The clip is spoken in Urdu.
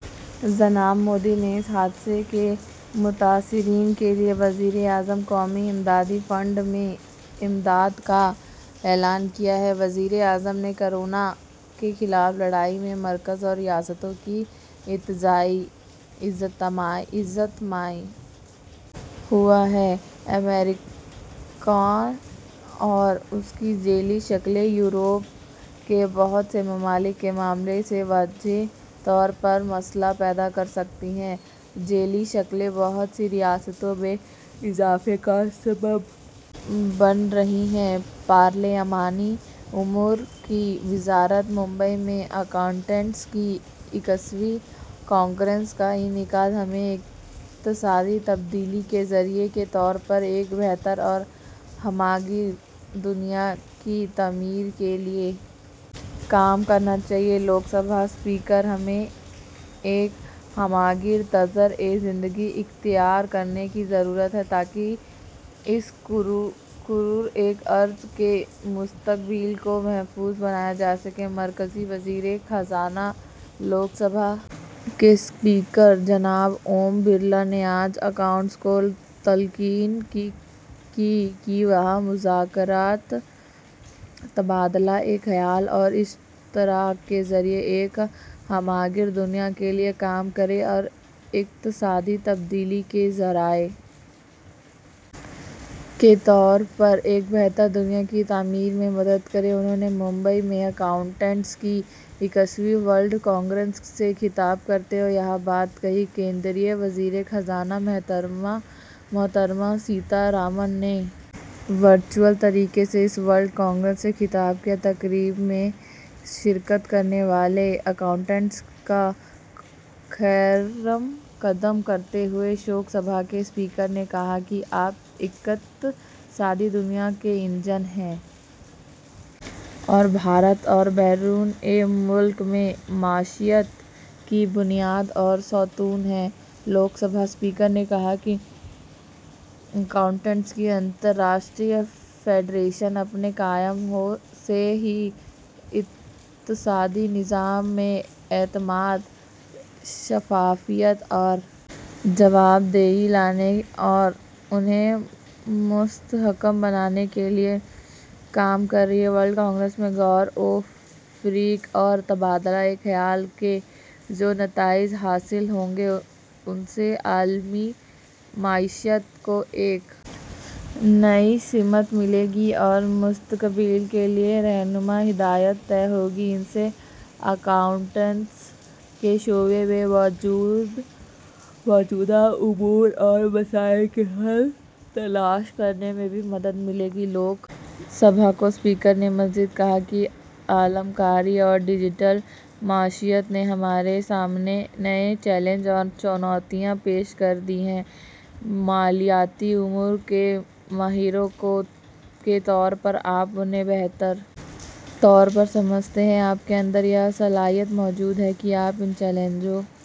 جناب مودی نے اس حادثے کے متاثرین کے لیے وزیر اعظم قومی امدادی فنڈ سے امداد کا اعلان کیا ہے وزیر اعظم نے کورونا کے خلاف لڑائی میں مرکز اور ریاستوں کی اجتماعی ہوا ہے اومیکرون اور اس کی ذیلی شکلیں یورپ کے بہت سے ممالک کے معاملے سے واضح طور پر مسئلہ پیدا کر سکتی ہیں ذیلی شکلیں بہت سی ریاستوں میں اضافے کا سبب بن رہی ہیں پارلیمانی امور کی وزارت ممبئی میں اکاؤنٹنٹس کی اکیسویں کانگریس کا انعقاد ہمیں اقتصادی تبدیلی کے ذریعہ کے طور پر ایک بہتر اور ہمہ گیر دنیا کی تعمیر کے لیے کام کرنا چاہیے لوک سبھا اسپیکر ہمیں ایک ہمہ گیر طرز زندگی اختیار کرنے کی ضرورت ہے تاکہ اس کرۂ ارض کے مستقبل کو محفوظ بنایا جا سکے مرکزی وزیر خزانہ لوک سبھا کے اسپیکر جناب اوم برلا نے آج اکاؤنٹس کو تلقین کی کہ وہ مذاکرات تبادلہ خیال اور اشتراک کے ذریعہ ایک ہمہ گیر دنیا کے لیے کام کریں اور اقتصادی تبدیلی کے ذرائع کے طور پر ایک بہتر دنیا کی تعمیر میں مدد کریں انہوں نے ممبئی میں اکاؤنٹنٹس کی اکیسویں ورلڈ کانگریس سے خطاب کرتے ہوئے یہ بات کہی مرکزی وزیر خزانہ محترمہ سیتارمن نے ورچوئل طریقے سے اس ورلڈ کانگریس سے خطاب کیا تقریب میں شرکت کرنے والے اکاؤنٹس کا خیر مقدم کرتے ہوئے لوک سبھا کے اسپیکر نے کہا کہ آپ اقتصادی دنیا کے انجن ہیں اور بھارت اور بیرون ملک میں معیشت کی بنیاد اور ستون ہیں لوک سبھا اسپیکر نے کہا کہ اکاؤنٹس کی بین الاقوامی فیڈریشن اپنے قیام سے ہی اقتصادی نظام میں اعتماد شفافیت اور جوابدہی لانے اور انہیں مستحکم بنانے کے لیے کام کر رہی ہے ورلڈ کانگریس میں غور و خوض اور تبادلہ خیال کے جو نتائج حاصل ہوں گے ان سے عالمی معیشت کو ایک نئی سمت ملے گی اور مستقبل کے لیے رہنما ہدایات طے ہوں گی ان سے اکاؤنٹس کے شعبے میں موجودہ امور اور مسائل کے حل تلاش کرنے میں بھی مدد ملے گی لوک سبھا کے اسپیکر نے مزید کہا کہ عالم کاری اور ڈیجیٹل معیشت نے ہمارے سامنے نئے چیلنج اور چنوتیاں پیش کر دی ہیں مالیاتی امور کے ماہرین کے طور پر آپ انہیں بہتر طور پر سمجھتے ہیں آپ کے اندر یہ صلاحیت موجود ہے کہ آپ ان چیلنجوں